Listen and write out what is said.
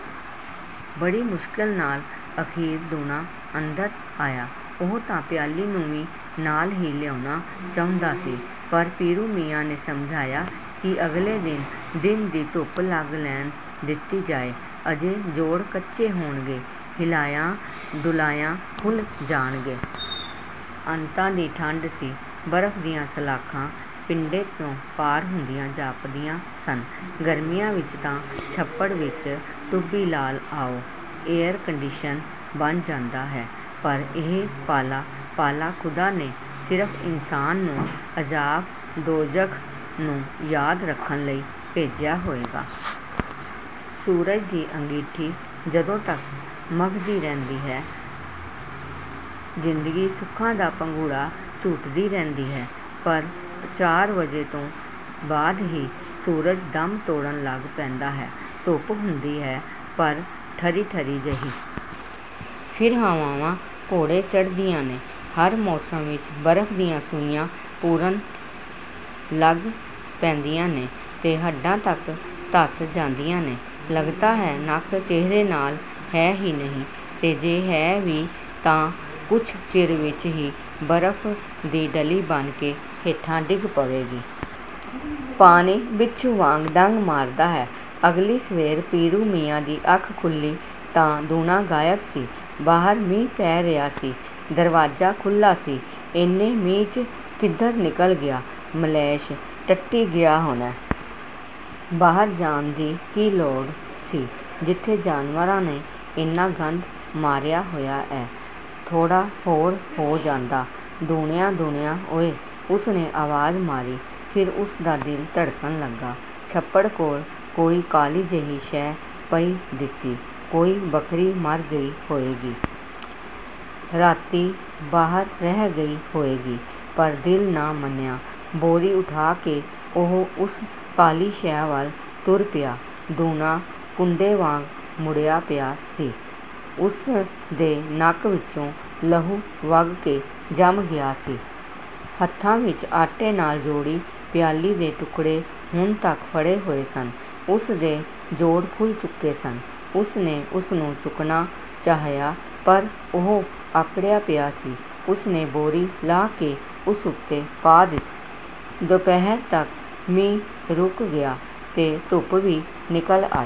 ਬੜੀ ਮੁਸ਼ਕਿਲ ਨਾਲ ਅਖੀਰ ਦੂਣਾ ਅੰਦਰ ਆਇਆ। ਉਹ ਤਾਂ ਪਿਆਲੀ ਨੂੰ ਵੀ ਨਾਲ ਹੀ ਲਿਆਉਣਾ ਚਾਹੁੰਦਾ ਸੀ, ਪਰ ਪੀਰੂ ਮੀਆਂ ਨੇ ਸਮਝਾਇਆ ਕਿ ਅਗਲੇ ਦਿਨ ਦੀ ਧੁੱਪ ਲੱਗ ਲੈਣ ਦਿੱਤੀ ਜਾਏ। ਅਜੇ ਜੋੜ ਕੱਚੇ ਹੋਣਗੇ ਹਿਲਾਇਆਂ-ਡੁਲਾਇਆਂ ਖੁੱਲ੍ਹ ਜਾਣਗੇ। ਅੰਤਾਂ ਦੀ ਠੰਡ ਸੀ। ਬਰਫ਼ ਦੀਆਂ ਸਲਾਖਾਂ ਪਿੰਡੇ 'ਚੋਂ ਪਾਰ ਹੁੰਦੀਆਂ ਜਾਪਦੀਆਂ ਸਨ। ਗਰਮੀਆਂ ਵਿੱਚ ਤਾਂ ਛੱਪੜ ਵਿੱਚ ਟੁੱਭੀ ਲਾ ਆਓ, ਏਅਰ-ਕੰਡੀਸ਼ਨ ਬਣ ਜਾਂਦਾ ਹੈ। ਪਰ ਇਹ ਪਾਲਾ, ਪਾਲਾ ਖ਼ੁਦਾ ਨੇ ਸਿਰਫ਼ ਇਨਸਾਨ ਨੂੰ ਅਜ਼ਾਬ-ਦੋਜ਼ਖ਼ ਨੂੰ ਯਾਦ ਰੱਖਣ ਲਈ ਭੇਜਿਆ ਹੋਏਗਾ। ਸੂਰਜ ਦੀ ਅੰਗੀਠੀ ਜਦੋਂ ਤੱਕ ਮਘਦੀ ਰਹਿੰਦੀ ਹੈ, ਜ਼ਿੰਦਗੀ ਸੁੱਖਾਂ ਦਾ ਭੰਗੂੜਾ ਝੂਟਦੀ ਰਹਿੰਦੀ ਹੈ। ਪਰ ਚਾਰ ਵਜੇ ਤੋਂ ਬਾਅਦ ਹੀ ਸੂਰਜ ਦਮ ਤੋੜਨ ਲੱਗ ਪੈਂਦਾ ਹੈ। ਧੁੱਪ ਹੁੰਦੀ ਹੈ ਪਰ ਠਰੀ-ਠਰੀ ਜਿਹੀ। ਫਿਰ ਹਵਾਵਾਂ ਘੋੜੇ ਚੜ੍ਹਦੀਆਂ ਨੇ, ਹਰ ਮੋਸਮ ਵਿੱਚ ਬਰਫ਼ ਦੀਆਂ ਸੂਈਆਂ ਪੁਰਨ ਲੱਗ ਪੈਂਦੀਆਂ ਨੇ ਤੇ ਹੱਡਾਂ ਤੱਕ ਧਸ ਜਾਂਦੀਆਂ ਨੇ। ਲੱਗਦਾ ਹੈ, ਨੱਕ ਚਿਹਰੇ ਨਾਲ ਹੈ ਹੀ ਨਹੀਂ ਤੇ ਜੇ ਹੈ ਵੀ ਤਾਂ ਕੁਝ ਚਿਰ ਵਿੱਚ ਹੀ ਬਰਫ਼ ਦੀ ਡਲੀ ਬਣ ਕੇ ਹੇਠਾਂ ਡਿੱਗ ਪਵੇਗੀ। ਪਾਣੀ ਬਿੱਛੂ ਵਾਂਗ ਡੰਗ ਮਾਰਦਾ ਹੈ। ਅਗਲੀ ਸਵੇਰ ਪੀਰੂ ਮੀਆਂ ਦੀ ਅੱਖ ਖੁੱਲ੍ਹੀ ਤਾਂ ਦੂਣਾ ਗਾਇਬ ਸੀ। ਬਾਹਰ ਮੀਂਹ ਪੈ ਰਿਹਾ ਸੀ, ਦਰਵਾਜ਼ਾ ਖੁੱਲ੍ਹਾ ਸੀ। "ਐਨੇ ਮੀਂਹ 'ਚ ਕਿੱਧਰ ਨਿਕਲ ਗਿਆ ਮਲੈਛ, ਟੱਟੀ ਗਿਆ ਹੋਣੈ। ਬਾਹਰ ਜਾਣ ਦੀ ਕੀ ਲੋੜ ਸੀ, ਜਿੱਥੇ ਜਾਨਵਰਾਂ ਨੇ ਐਨਾ ਗੰਦ ਮਾਰਿਆ ਹੋਇਆ ਐ, ਥੋੜਾ ਹੋਰ ਹੋ ਜਾਂਦਾ" "ਦੂਣਿਆਂ, ਦੂਣਿਆਂ ਓਏ।" ਉਸ ਨੇ ਆਵਾਜ਼ ਮਾਰੀ। ਫਿਰ ਉਸਦਾ ਦਿਲ ਧੜਕਣ ਲੱਗਾ, ਛੱਪੜ ਕੋਲ ਕੋਈ ਕਾਲੀ ਜਿਹੀ ਸ਼ੈ ਪਈ ਦਿਸੀ ਕੋਈ ਬੱਕਰੀ ਮਰ ਗਈ ਹੋਏਗੀ। ਰਾਤੀਂ, ਬਾਹਰ ਰਹਿ ਗਈ ਹੋਏਗੀ। ਪਰ ਦਿਲ ਨਾ ਮੰਨਿਆ। ਬੋਰੀ ਉੱਠਾ ਕੇ ਉਹ ਉਸ ਕਾਲੀ ਸ਼ੈ ਵੱਲ ਤੁਰ ਪਿਆ। ਦੂਣਾ ਕੁੰਡੇ ਵਾਂਗ ਮੁੜਿਆ ਪਿਆ ਸੀ। ਉਸਦੇ ਨੱਕ ਵਿੱਚੋਂ ਲਹੂ ਵਗ ਕੇ ਜੰਮ ਗਿਆ ਸੀ। ਹੱਥਾਂ ਵਿੱਚ ਆਟੇ ਨਾਲ ਜੋੜੀ ਪਿਆਲੀ ਦੇ ਟੁੱਕੜੇ ਹੁਣ ਤੱਕ ਫੜ੍ਹੇ ਹੋਏ ਸਨ। ਉਸਦੇ ਜੋੜ ਖੁੱਲ੍ਹ ਚੁੱਕੇ ਸਨ। ਉਸ ਨੇ ਉਸਨੂੰ ਚੁੱਕਣਾ ਚਾਹਿਆ ਪਰ ਉਹ ਆਕੜਿਆ ਪਿਆ ਸੀ। ਉਸਨੇ ਬੋਰੀ ਲਾਹ ਕੇ ਉਸ ਉੱਤੇ ਪਾ ਦਿੱਤੀ। ਦੁਪਹਿਰ ਤੱਕ ਮੀਂਹ ਰੁਕ ਗਿਆ ਤੇ ਧੁੱਪ ਵੀ ਨਿਕਲ ਆਈ।